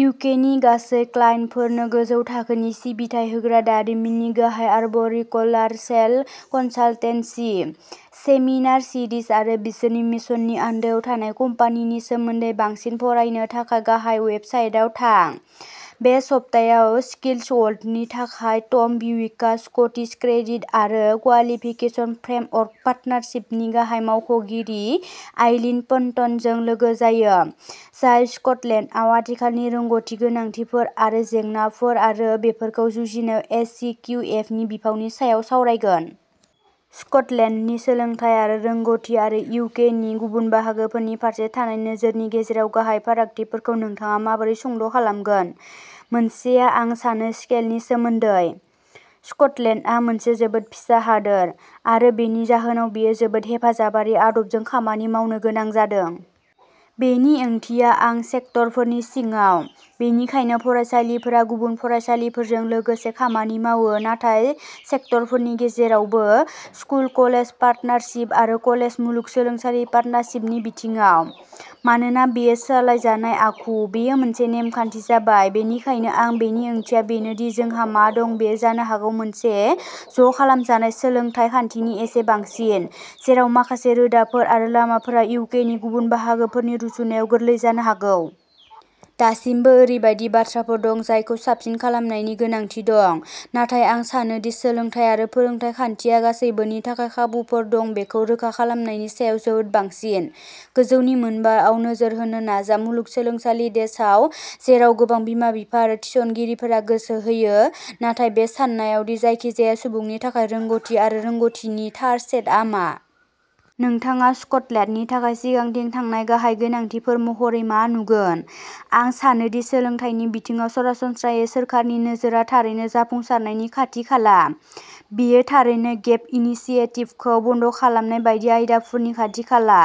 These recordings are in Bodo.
इउकेनि गासै क्लाइन्टफोरनो गोजौ थाखोनि सिबिथाइ होग्रा दारिमिननि गाहाय आर्ब'रिक'लार्चेल कनसाल्टेन्सि। सेमिनार सिरिज आरो बिसोरनि मिशननि आन्दोआव थानाय कम्पानिनि सोमोन्दै बांसिन फरायनो थाखाय गाहाय वेबसाइटाव थां। बे सप्तायाव स्किल्स वर्ल्डनि थाखाय, टम बिविकआ स्कटिस क्रेडिट आरो क्वालिफिकेशन फ्रेमवर्क पार्टनारशिप नि गाहाय मावख'गिरि आइलीन पन्टनजों लोगो जायो, जाय स्कटलेन्डआव आथिखालनि रोंग'थि गोनांथिफोर आरो जेंनाफोर आरो बेफोरखौ जुजिनायाव एस सि किउ एफ नि बिफावनि सायाव सावरायगोन। स्क'टलेन्डनि सोलोंथाय आरो रोंग'थि आरो इउ के नि गुबुन बाहागोफोरनि फारसे थानाय नोजोरनि गेजेराव गाहाय फारागथिफोरखौ नोंथाङा माबोरै सुंद' खालामगोन? मोनसेआ आं सानो स्केलनि सोमोन्दै? स्कटलेन्डआ मोनसे जोबोद फिसा हादोर, आरो बेनि जाहोनाव बेयो जोबोद हेफाजाबारि आदबजों खामानि मावनो गोनां जादों। बेनि ओंथिया आं सेक्टरफोरनि सिङाव, बेनिखायनो फरायसालिफोरा गुबुन फरायसालिफोरजों लोगोसे खामानि मावो नाथाय सेक्टरफोरनि गेजेरावबो, स्कुल-कलेज पार्टनारशिप आरो कलेज-मुलुगसोलोंसालि पार्टनारशिपनि बिथिङाव। मानोना बेयो सालायजानाय आखु, बेयो मोनसे नेमखान्थि जाबाय, बेनिखायनो आं बेनि ओंथिया बेनो दि जोंहा मा दं बेयो जानो हागौ मोनसे ज'खालामजानाय सोलोंथाय खान्थिनि एसे बांसिन, जेराव माखासे रोदाफोर आरो लामाफोरा इउकेनि गुबुन बाहागोफोरनि रुजुनायाव गोरलै जानो हागौ। दासिमबो ओरैबायदि बाथ्राफोर दं जायखौ साबसिन खालामनायनि गोनांथि दं, नाथाय आं सानो दि सोलोंथाय आरो फोरोंथाय खान्थिया गासैबोनि थाखाय खाबुफोर दं बेखौ रोखा खालामनायनि सायाव जोबोद बांसिन। गोजौनि मोन बा आव नोजोर होनो नाजा, मुलुगसोलोंसालि डेशआव, जेराव गोबां बिमा-बिफा आरो थिसनगिरिफोरा गोसो होयो, नाथाय बे साननायाव दि जायखिजाया सुबुंनि थाखाय रोंग'थि आरो रोंग'थिनि थार सेटआ मा। नोंथाङा स्कटलेन्डनि थाखाय सिगांथिं थांनाय गाहाय गोनांथिफोर महरै मा नुगोन? आं सानोदि सोलोंथाइनि बिथिङाव सरासनस्रायै सोरखारनि नोजोरआ थारैनो जाफुंसारनायनि खाथि-खाला। बेयो थारैनो गेप इनिसिएटिभखौ बन्द खालामनाय बायदि आयदाफोरनि खाथि-खाला।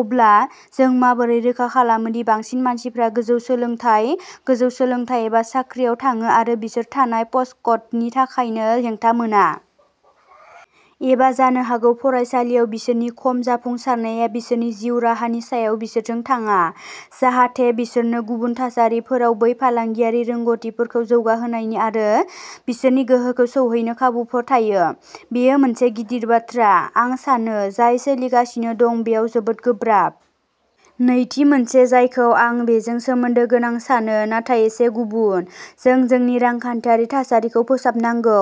अब्ला, जों माबोरै रोखा खालामो दि बांसिन मानसिफ्रा गोजौ सोलोंथाइ, गोजौ सोलोंथाइ एबा साख्रिआव थाङो आरो बिसोर थानाय प'स्टक'डनि थाखायनो हेंथा मोना। एबा जानो हागौ फरायसालियाव बिसोरनि खम जाफुंसारनाया बिसोरनि जिउ राहानि सायाव बिसोरजों थाङा, जाहाथे बिसोरनो गुबुन थासारिफोराव बै फालांगियारि रोंग'थिफोरखौ जौगाहोनायनि आरो बिसोरनि गोहोखौ सौहैनो खाबुफोर थायो। बेयो मोनसे गिदिर बाथ्रा, आं सानो, जाय सोलिगासिनो दं बेयाव जोबोद गोब्राब। नैथि मोनसे जायखौ आं बेजों सोमोन्दो गोनां सानो, नाथाय एसे गुबुन। जों जोंनि रांखान्थियारि थासारिखौ फोसाबनांगौ,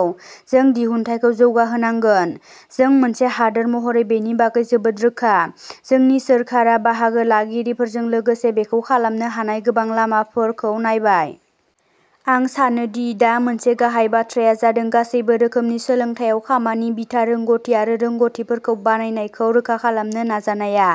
जों दिहुनथाइखौ जौगाहोनांगोन, जों मोनसे हादोर महरै बेनि बागै जोबोद रोखा। जोंनि सोरखारा, बाहागो लागिरिफोरजों लोगोसे बेखौ खालामनो हानाय गोबां लामाफोरखौ नायबाय। आं सानो दि दा मोनसे गाहाय बाथ्राया जादों गासैबो रोखोमनि सोलोंथायआव खामानि बिथा रोंग'थि आरो रोंग'थिफोरखौ बानायनायखौ रोखा खालामनो नाजानाया।